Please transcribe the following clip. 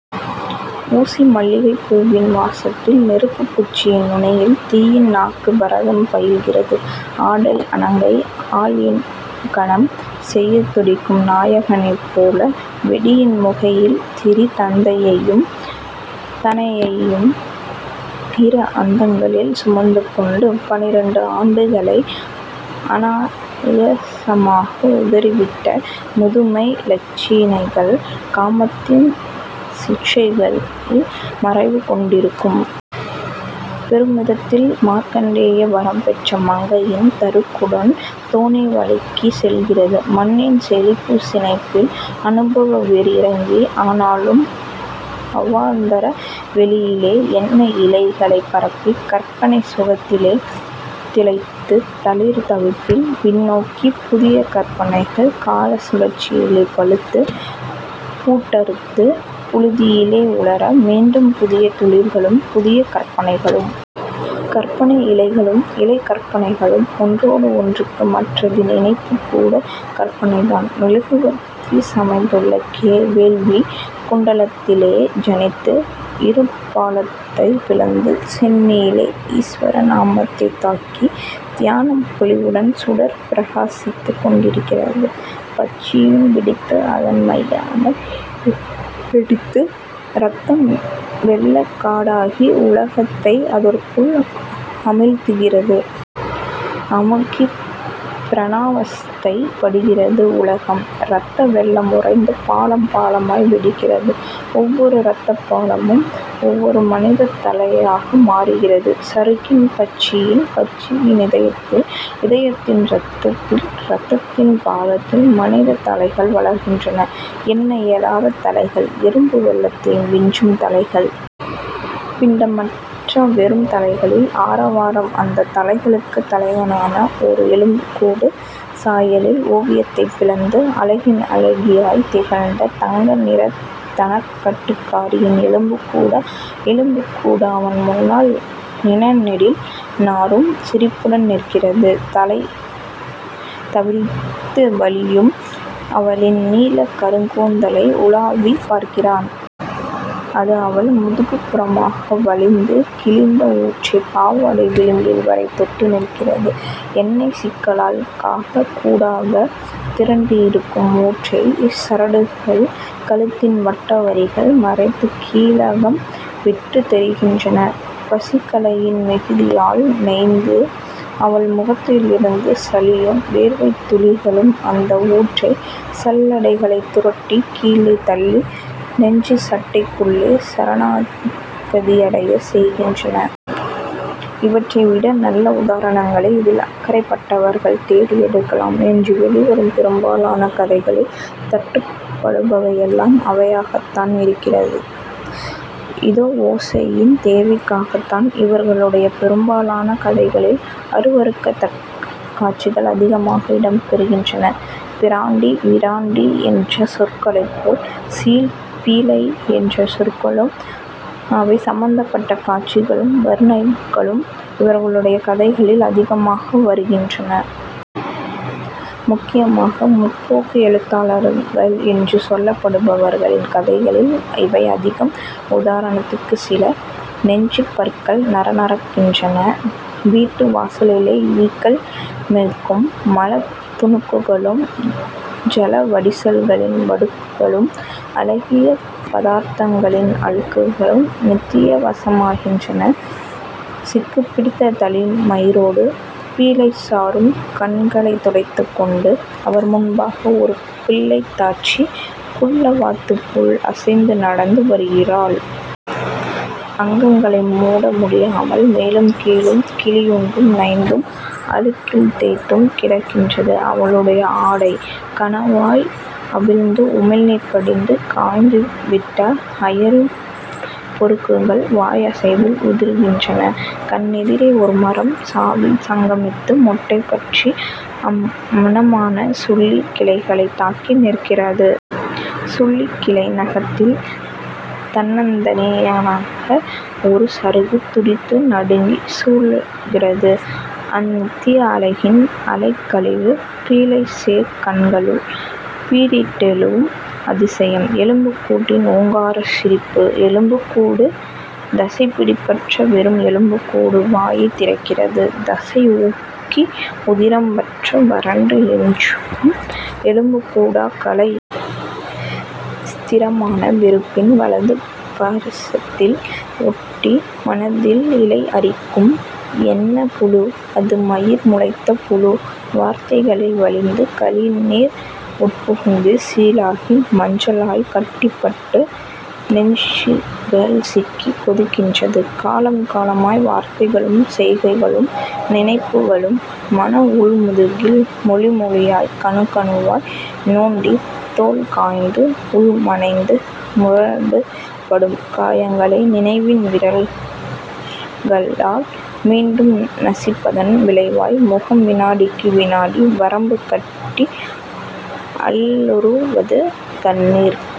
ஊசிமல்லிகைப் பூவின் வாசத்தில் நெருப்புக்குச்சியின் நுனியில் தீயின் நாக்கு பரதம் பயில்கிறது. ஆடல் அணங்கை ஆலிங்கனம் செய்யத் துடிக்கும் நாயகனைப் போல வெடியின் முகையில் திரி, தந்தையையும் தனையனையும் இரு அந்தங்களில் சுமந்துகொண்டு, பன்னிரண்டு ஆண்டுகளை அனாயாசமாக உதறிவிட்ட முதுமை இலச்சினைகள் காமத்தின் சிட்சையில் மறைவு கொண்டிருக்கும். பெருமிதத்தில் மார்க்கண்டேய வரம் பெற்ற மங்கையின் தருக்குடன் தோணி வழுக்கிச் செல்கிறது. மண்ணின் செழிப்புச் சினைப்பில், அனுபவ வேர் இறக்கி, ஆனாலும் அவாந்தர வெளியிலே எண்ண இலைகளைப் பரப்பி, கற்பனைச் சுகத்திலே திளைத்து, தளிர் தவிப்பில் விண்ணோக்கிப் புதிய கற்பனைகள் காலச் சுழற்சியிலே பழுத்து, பூட்டறுந்து புழுதியிலே உலர, மீண்டும் புதிய துளிர்களும் புதிய கற்பனைகளும்... கற்பனை இலைகளும், இலைக் கற்பனைகளும் ஒன்றோடு ஒன்றுக்கு, மற்றதின் இணைப்புக் கூடக் கற்பனைதான். மெழுகுவர்த்தி சமைத்துள்ள வேள்விக் குண்டலத்திலே ஜனித்து, இருட்பாளத்தைப் பிளந்து, சென்னியிலே ஈஸ்வர நாமத்தைத் தாங்கி, தியானப் பொலிவுடன் சுடர் பிரகாசித்துக் கொண்டிருந்தது. பட்சியும் வெடித்து, அதன் மையமான இதயமும் வெடித்தது. இரத்தம் வெள்ளக் காடாகி உலகத்தை அதற்குள் அமிழ்த்துகிறது. அமுங்கிப் பிராணாவஸ்தைப் படுகிறது உலகம். இரத்த வெள்ளம் உறைந்து பாளம் பாளமாய் வெடிக்கிறது. ஒவ்வொரு இரத்தப் பாளமும் ஒவ்வொரு மனிதத் தலையாக மாறுகிறது. சருகின் பட்சியில், பட்சியின் இதயத்தில், இதயத்தின் இரத்தத்தில், இரத்தத்தின் பாளத்தில் மனிதத் தலைகள் வளர்கின்றன. எண்ண இயலாத தலைகள்; எறும்பு வெள்ளத்தையும் விஞ்சும் தலைகள். பிண்டமற்ற வெறும் தலைகளில் ஆரவாரம்! அந்தத் தலைகளுக்குத் தலைவனாக ஓர் எலும்புக்கூடு! சாயலில் ஓவியத்தைப் பிளந்து, அழகின் அழகியாய்த் திகழ்ந்த தங்கநிறத் தனக்கட்டுக்காரியின் எலும்புக்கூடா? எலும்புக்கூடு அவன் முன்னால் நிண நெடில் நாறும் சிரிப்புடன் நிற்கிறது. குலைந்தவிழ்ந்து வழியும் அவளின் நீளக் கருங்கூந்தலை உழாவிப் பார்க்கிறான். அது அவள் முதுகுப் புறமாக வழிந்து, கிழிந்த ஊற்றைப் பாவாடை விளிம்பு வரை தொட்டு நிற்கிறது. எண்ணெய்ச் சிக்கலால் காகக் கூடாகத் திரண்டிருக்கும் ஊற்றைச் சரடுகள், கழுத்தின் வட்ட வரிகளை மறைத்துக் கீலகம் விட்டுத் தெரிகின்றன. பசிக்களையின் மிகுதியால் நைந்து அவள் முகத்திலிருந்து சளியும் வியர்வைத் துளிகளும் அந்த ஊற்றைச் சல்லடைகளைத் துரட்டிக் கீழே தள்ளி, நெஞ்சுச் சட்டைக்குள்ளே சரணாகதியடையச் செய்கின்றன. இவற்றை விட நல்ல உதாரணங்களை இதில் அக்கறைப்பட்டவர்கள் தேடி எடுக்கலாம். இன்று வெளிவரும் பெரும்பாலான கதைகளில் தட்டுப்படுபவையெல்லாம் அவையாகத்தான் இருக்கும். இதே ஓசையின் தேவைக்காகத்தான் இவர்களுடைய பெரும்பாலான கதைகளில் அருவருக்கத்தக்க காட்சிகள் அதிகமாக இடம்பெறுகின்றன. 'பிராண்டி', 'விராண்டி' என்ற சொற்களைப் போல் 'சீழ்', 'பீழை' என்ற சொற்களும் அவை சம்பந்தப்பட்ட காட்சிகளும் வர்ணனைகளும் இவர்களுடைய கதைகளில் அதிகமாக வருகின்றன. முக்கியமாக 'முற்போக்கு' எழுத்தாளர்கள் என்று சொல்லப்படுபவர்களின் கதைகளில் இவை அதிகம். உதாரணத்திற்குச் சில: "நெஞ்சுப் பற்கள் நறநறக்கின்றன. வீட்டு வாசல்களிலே ஈக்கள் மொய்க்கும் மலத் துணுக்குகளும், ஜல வடிசல்களின் வடுக்களும், அழுகிய பதார்த்தங்களின் அழுகல்களும் நித்திய வாசமாகிவிட்டன. சிக்குப் பிடித்த தலைமயிரோடு பீழை சாறும் கண்களைத் துடைத்துக்கொண்டு, அவர் முன்பாக ஒரு பிள்ளைத்தாச்சி குள்ளவாத்துப் போல் அசைந்து நடந்து வருகின்றாள். அங்கங்களை மூட முடியாமல் மேலும் கீழும் கிழியுண்டும், நைந்தும், அழுக்கில் தேய்ந்தும் கிடக்கின்றது அவளுடைய ஆடை. கடவாய் அவிந்து, உமிழ்நீர் படிந்து காய்ந்துவிட்ட அயறுப் பொருக்குகள் வாய் அசைவில் உதிர்கின்றன. கண் எதிரே ஒரு மரம். சாவில் சங்கமித்து, மொட்டை பற்றி அம்மணமான சுள்ளிக் கிளைகளைத் தாங்கி நிற்கிறது. சுள்ளிக் கிளை நகத்தில் தன்னந்தனியனாக ஒரு சருகு துடித்து நடுங்கிச் சுழல்கிறது. அநித்திய அழகின் அலைக்கழிவு. பீழை சேர் கண்களுள் பீறிட்டெழும் அதிசயம்; எலும்புக்கூட்டின் ஓங்காரச் சிரிப்பு. எலும்புக்கூடு — தசைப்பிடிப்பற்ற வெறும் எலும்புக்கூடு வாயைத் திறக்கிறது. தசை உக்கி, உதிரம் வற்ற, வறண்டு எஞ்சும் எலும்புக்கூடா கலை? ஸ்திரமான வெறுப்பின் வலது பாரிசத்தில் ஒட்டி மனத்தில் இலை அரிக்கும் எண்ணப் புழு. அது மயிர் முளைத்த புழு. வார்த்தைகளில் வழிந்து கழிநீர் உட்புகுந்து சீழாகி, மஞ்சளாய்க் கட்டிபட்டு, நெஞ்சுகள் சிக்கிக் கொதிக்கின்றது. காலம் காலமாய் வார்த்தைகளும், செய்கைகளும், நினைப்புகளும் மன உள் முதுகில் மொழி மொழியாய், கணுக் கணுவாய் நோண்டி, தோல் காய்ந்து, உள் மனைந்து முரட்டுப்படும் காயங்களை நினைவின் விரல்களால் மீண்டும் நசிப்பதன் விளைவாய் முகம் வினாடிக்கு வினாடி வரம்பு கட்டி அல்லலுறுவது கண்ணீர்.